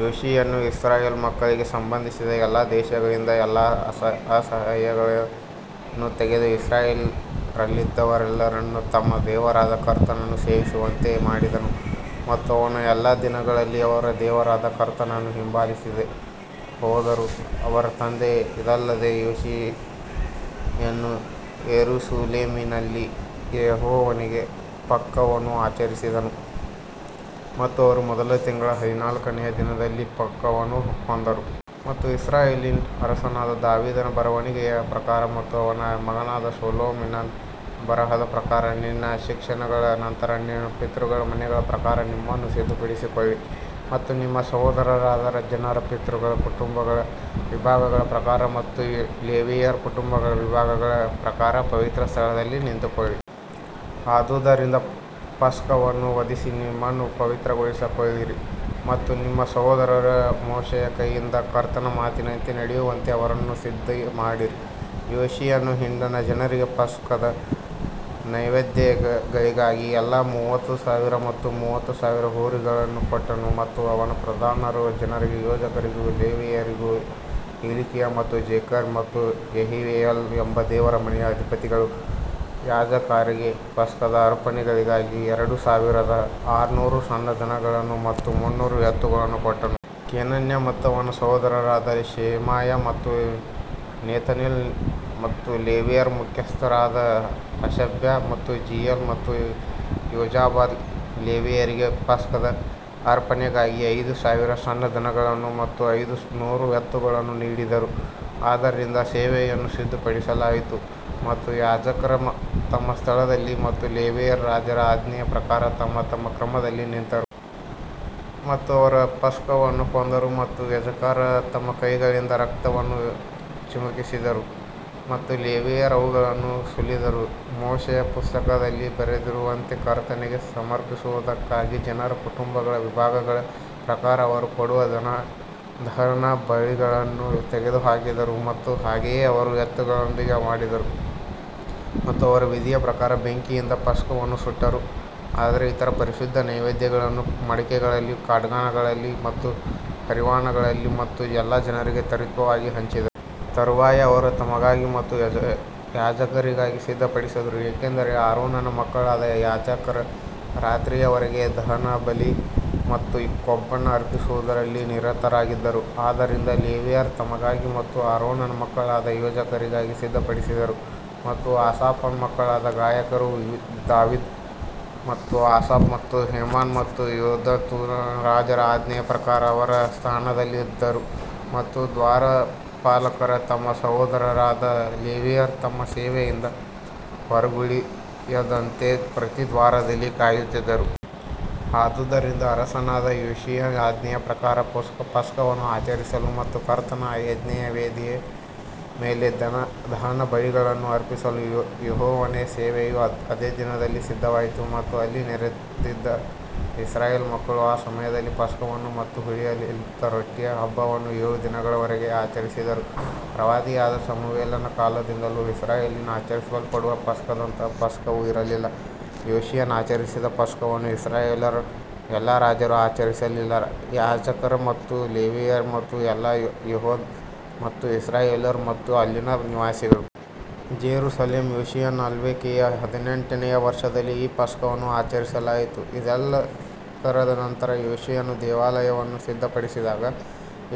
ಯೋಷೀಯನು Israel ಮಕ್ಕಳಿಗೆ ಸಂಬಂಧಿಸಿದ ಎಲ್ಲಾ ದೇಶಗಳಿಂದ ಎಲ್ಲಾ ಅಸಹ್ಯಗಳನ್ನು ತೆಗೆದು ಇಸ್ರಾಯೇಲ್ಯರಲ್ಲಿದ್ದವರೆಲ್ಲರನ್ನೂ ತಮ್ಮ ದೇವರಾದ ಕರ್ತನನ್ನು ಸೇವಿಸುವಂತೆ ಮಾಡಿದನು ಮತ್ತು ಅವನ ಎಲ್ಲಾ ದಿನಗಳಲ್ಲಿ ಅವರು ದೇವರಾದ ಕರ್ತನನ್ನು ಹಿಂಬಾಲಿಸದೆ ಹೋದರು. ಅವರ ತಂದೆ ಇದಲ್ಲದೆ ಯೋಷೀಯನು ಯೆರೂಸಲೇಮಿನಲ್ಲಿ ಯೆಹೋವನಿಗೆ ಪಸ್ಕವನ್ನು ಆಚರಿಸಿದನು ಮತ್ತು ಅವರು ಮೊದಲ ತಿಂಗಳ ಹದಿನಾಲ್ಕನೆಯ ದಿನದಲ್ಲಿ ಪಸ್ಕವನ್ನು ಕೊಂದರು. ಮತ್ತು ಇಸ್ರಾಯೇಲಿನ ಅರಸನಾದ ದಾವೀದನ ಬರವಣಿಗೆಯ ಪ್ರಕಾರ ಮತ್ತು ಅವನ ಮಗನಾದ ಸೊಲೊಮೋನನ ಬರಹದ ಪ್ರಕಾರ ನಿಮ್ಮ ಶಿಕ್ಷಣಗಳ ನಂತರ ನಿಮ್ಮ ಪಿತೃಗಳ ಮನೆಗಳ ಪ್ರಕಾರ ನಿಮ್ಮನ್ನು ಸಿದ್ಧಪಡಿಸಿಕೊಳ್ಳಿ. ಮತ್ತು ನಿಮ್ಮ ಸಹೋದರರಾದ ಜನರ ಪಿತೃಗಳ ಕುಟುಂಬಗಳ ವಿಭಾಗಗಳ ಪ್ರಕಾರ ಮತ್ತು ಲೇವಿಯರ ಕುಟುಂಬಗಳ ವಿಭಾಗಗಳ ಪ್ರಕಾರ ಪವಿತ್ರ ಸ್ಥಳದಲ್ಲಿ ನಿಂತುಕೊಳ್ಳಿ. ಆದುದರಿಂದ ಪಸ್ಕವನ್ನು ವಧಿಸಿ ನಿಮ್ಮನ್ನು ಪವಿತ್ರಗೊಳಿಸಿಕೊಳ್ಳಿರಿ ಮತ್ತು ನಿಮ್ಮ ಸಹೋದರರು ಮೋಶೆಯ ಕೈಯಿಂದ ಕರ್ತನ ಮಾತಿನಂತೆ ನಡೆಯುವಂತೆ ಅವರನ್ನು ಸಿದ್ಧಮಾಡಿರಿ. ಯೋಷೀಯನು ಹಿಂಡಿನ ಜನರಿಗೆ ಪಸ್ಕದ ನೈವೇದ್ಯಗಳಿಗಾಗಿ ಎಲ್ಲಾ ಮೂವತ್ತು ಸಾವಿರ ಮತ್ತು ಮೂರು ಸಾವಿರ ಹೋರಿಗಳನ್ನು ಕೊಟ್ಟನು. ಮತ್ತು ಅವನ ಪ್ರಧಾನರು ಜನರಿಗೆ ಯಾಜಕರಿಗೂ ಲೇವಿಯರಿಗೂ ಹಿಲ್ಕೀಯ ಮತ್ತು ಜೆಕರ್ಯ ಮತ್ತು ಯೆಹೀಯೇಲ್ ಎಂಬ ದೇವರ ಮನೆಯ ಅಧಿಪತಿಗಳು ಯಾಜಕರಿಗೆ ಪಸ್ಕದ ಅರ್ಪಣೆಗಳಿಗಾಗಿ ಎರಡು ಸಾವಿರದ ಆರುನೂರು ಸಣ್ಣ ದನಗಳನ್ನು ಮತ್ತು ಮುನ್ನೂರು ಎತ್ತುಗಳನ್ನು ಕೊಟ್ಟರು. ಕೊನನ್ಯ ಮತ್ತು ಅವನ ಸಹೋದರರಾದ ಶೆಮಾಯ ಮತ್ತು ನೆತನೀಲ್ ಮತ್ತು ಲೇವಿಯರ ಮುಖ್ಯಸ್ಥರಾದ ಹಷಬ್ಯ ಮತ್ತು ಜೀಯೇಲ್ ಮತ್ತು ಯೋಜಾಬಾದ್ ಲೇವಿಯರಿಗೆ ಪಸ್ಕದ ಅರ್ಪಣೆಗಾಗಿ ಐದು ಸಾವಿರ ಸಣ್ಣ ದನಗಳನ್ನು ಮತ್ತು ಐದು ನೂರು ಎತ್ತುಗಳನ್ನು ನೀಡಿದರು. ಆದ್ದರಿಂದ ಸೇವೆಯನ್ನು ಸಿದ್ಧಪಡಿಸಲಾಯಿತು ಮತ್ತು ಯಾಜಕರು ತಮ್ಮ ಸ್ಥಳದಲ್ಲಿ ಮತ್ತು ಲೇವಿಯರು ರಾಜರ ಆಜ್ಞೆಯ ಪ್ರಕಾರ ತಮ್ಮ ತಮ್ಮ ಕ್ರಮದಲ್ಲಿ ನಿಂತರು. ಮತ್ತು ಅವರು ಪಸ್ಕವನ್ನು ಕೊಂದರು ಮತ್ತು ಯಾಜಕರು ತಮ್ಮ ಕೈಗಳಿಂದ ರಕ್ತವನ್ನು ಚಿಮುಕಿಸಿದರು ಮತ್ತು ಲೇವಿಯರು ಅವುಗಳನ್ನು ಸುಲಿದರು ಮೋಶೆಯ ಪುಸ್ತಕದಲ್ಲಿ ಬರೆದಿರುವಂತೆ ಕರ್ತನಿಗೆ ಸಮರ್ಪಿಸುವುದಕ್ಕಾಗಿ ಜನರ ಕುಟುಂಬಗಳ ವಿಭಾಗಗಳ ಪ್ರಕಾರ ಅವರು ಕೊಡುವ ದಹನಬಲಿಗಳನ್ನು ತೆಗೆದುಹಾಕಿದರು ಮತ್ತು ಹಾಗೆಯೇ ಅವರು ಎತ್ತುಗಳೊಂದಿಗೆ ಮಾಡಿದರು. ಮತ್ತು ಅವರು ವಿಧಿಯ ಪ್ರಕಾರ ಬೆಂಕಿಯಿಂದ ಪಸ್ಕವನ್ನು ಸುಟ್ಟರು ಆದರೆ ಇತರ ಪರಿಶುದ್ಧ ನೈವೇದ್ಯಗಳನ್ನು ಮಡಕೆಗಳಲ್ಲಿ, ಕ್ಯಾಡ್ರಾನ್ಗಳಲ್ಲಿ ಮತ್ತು ಹರಿವಾಣಗಳಲ್ಲಿ ಮತ್ತು ಎಲ್ಲಾ ಜನರಿಗೆ ತ್ವರಿತವಾಗಿ ಹಂಚಿದರು. ತರುವಾಯ ಅವರು ತಮಗಾಗಿ ಮತ್ತು ಯಾಜಕರಿಗಾಗಿ ಸಿದ್ಧಪಡಿಸಿದರು ಏಕೆಂದರೆ ಆರೋನನ ಮಕ್ಕಳಾದ ಯಾಜಕರು ರಾತ್ರಿಯವರೆಗೆ ದಹನಬಲಿ ಮತ್ತು ಕೊಬ್ಬನ್ನು ಅರ್ಪಿಸುವುದರಲ್ಲಿ ನಿರತರಾಗಿದ್ದರು, ಆದ್ದರಿಂದ ಲೇವಿಯರು ತಮಗಾಗಿ ಮತ್ತು ಆರೋನನ ಮಕ್ಕಳಾದ ಯಾಜಕರಿಗಾಗಿ ಸಿದ್ಧಪಡಿಸಿದರು. ಮತ್ತು ಆಸಾಫನ ಮಕ್ಕಳಾದ ಗಾಯಕರು ದಾವೀದ ಮತ್ತು ಆಸಾಫ್ ಮತ್ತು ಹೇಮಾನ್ ಮತ್ತು ಯೆದುತೂನ್ ರಾಜರ ಆಜ್ಞೆಯ ಪ್ರಕಾರ ಅವರ ಸ್ಥಾನದಲ್ಲಿದ್ದರು ಮತ್ತು ದ್ವಾರಪಾಲಕರು ತಮ್ಮ ಸಹೋದರರಾದ ಲೇವಿಯರು ತಮ್ಮ ಸೇವೆಯಿಂದ ಹೊರಗುಳಿಯದಂತೆ ಪ್ರತಿ ದ್ವಾರದಲ್ಲಿ ಕಾಯುತ್ತಿದ್ದರು. ಆದುದರಿಂದ ಅರಸನಾದ ಯೋಷೀಯನ ಆಜ್ಞೆಯ ಪ್ರಕಾರ ಪಸ್ಕವನ್ನು ಆಚರಿಸಲು ಮತ್ತು ಕರ್ತನ ಯಜ್ಞವೇದಿಯ ಮೇಲೆ ದಹನಬಲಿಗಳನ್ನು ಅರ್ಪಿಸಲು ಯೆಹೋವನ ಸೇವೆಯು ಅದೇ ದಿನದಲ್ಲಿ ಸಿದ್ಧವಾಯಿತು. ಮತ್ತು ಅಲ್ಲಿ ನೆರೆದಿದ್ದ ಇಸ್ರಾಯೇಲ್ ಮಕ್ಕಳು ಆ ಸಮಯದಲ್ಲಿ ಪಸ್ಕವನ್ನು ಮತ್ತು ಹುಳಿಯಿಲ್ಲದ ರೊಟ್ಟಿಯ ಹಬ್ಬವನ್ನು ಏಳು ದಿನಗಳವರೆಗೆ ಆಚರಿಸಿದರು ಪ್ರವಾದಿಯಾದ ಸಮುವೇಲನ ಕಾಲದಿಂದಲೂ ಇಸ್ರಾಯೇಲಿನಲ್ಲಿ ಆಚರಿಸಲ್ಪಡುವ ಪಸ್ಕದಂತಹ ಪಸ್ಕವು ಇರಲಿಲ್ಲ, ಯೋಷೀಯನು ಆಚರಿಸಿದ ಪಸ್ಕವನ್ನು ಇಸ್ರಾಯೇಲ್ಯರ ಎಲ್ಲಾ ರಾಜರು ಆಚರಿಸಲಿಲ್ಲ, ಯಾಜಕರು ಮತ್ತು ಲೇವಿಯರು ಮತ್ತು ಎಲ್ಲಾ ಯೆಹೂದ ಮತ್ತು ಇಸ್ರಾಯೇಲ್ಯರು ಮತ್ತು ಅಲ್ಲಿನ ನಿವಾಸಿಗಳು. ಜೆರುಸಲೇಮ್ ಯೋಷೀಯನ ಆಳ್ವಿಕೆಯ ಹದಿನೆಂಟನೆಯ ವರ್ಷದಲ್ಲಿ ಈ ಪಸ್ಕವನ್ನು ಆಚರಿಸಲಾಯಿತು ಇದೆಲ್ಲದರ ನಂತರ, ಯೋಷೀಯನು ದೇವಾಲಯವನ್ನು ಸಿದ್ಧಪಡಿಸಿದಾಗ,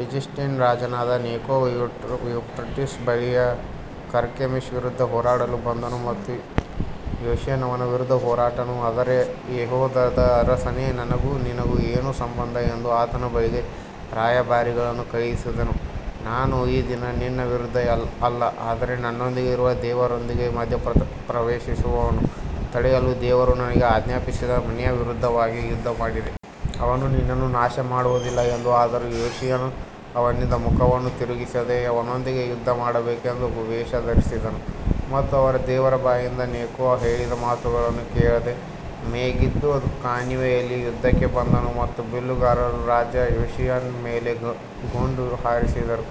ಈಜಿಪ್ಟಿನ ರಾಜನಾದ ನೆಕೋ ಯೂಫ್ರಟೀಸ್ ಬಳಿಯ ಕರ್ಕೆಮಿಶ್ ವಿರುದ್ಧ ಹೋರಾಡಲು ಬಂದನು ಮತ್ತು ಯೋಷೀಯನು ಅವನ ವಿರುದ್ಧ ಹೊರಟನು. ಆದರೆ ಯೆಹೂದದ ಅರಸನೇ, ನನಗೂ ನಿನಗೂ ಏನು ಸಂಬಂಧ ಎಂದು ಆತನ ಬಳಿಗೆ ರಾಯಭಾರಿಗಳನ್ನು ಕಳುಹಿಸಿದನು, ನಾನು ಈ ದಿನ ನಿನ್ನ ವಿರುದ್ಧ ಅಲ್ಲ ಆದರೆ ನನ್ನೊಂದಿಗೆ ಇರುವ ದೇವರೊಂದಿಗೆ ಮಧ್ಯಪ್ರವೇಶಿಸುವುದನ್ನು ತಡೆಯಲು ದೇವರು ನನಗೆ ಆಜ್ಞಾಪಿಸಿದ ಮನೆಯ ವಿರುದ್ಧವಾಗಿ ಯುದ್ಧಮಾಡಿದೆ. ಅವನು ನಿನ್ನನ್ನು ನಾಶಮಾಡುವುದಿಲ್ಲ ಎಂದು ಆದರೂ ಯೋಷೀಯನು ಅವನಿಂದ ಮುಖವನ್ನು ತಿರುಗಿಸದೆ ಅವನೊಂದಿಗೆ ಯುದ್ಧಮಾಡಬೇಕೆಂದು ವೇಷ ಧರಿಸಿದನು ಮತ್ತು ದೇವರ ಬಾಯಿಂದ ನೆಕೋ ಹೇಳಿದ ಮಾತುಗಳನ್ನು ಕೇಳದೆ ಮೆಗಿದ್ದೋ ಕಣಿವೆಯಲ್ಲಿ ಯುದ್ಧಕ್ಕೆ ಬಂದನು. ಮತ್ತು ಬಿಲ್ಲುಗಾರರು ರಾಜ ಯೋಷೀಯನ ಮೇಲೆ ಗುಂಡು ಹಾರಿಸಿದರು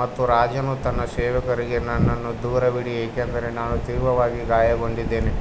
ಮತ್ತು ರಾಜನು ತನ್ನ ಸೇವಕರಿಗೆ ನನ್ನನ್ನು ದೂರವಿಡಿ, ಏಕೆಂದರೆ ನಾನು ತೀವ್ರವಾಗಿ ಗಾಯಗೊಂಡಿದ್ದೇನೆ.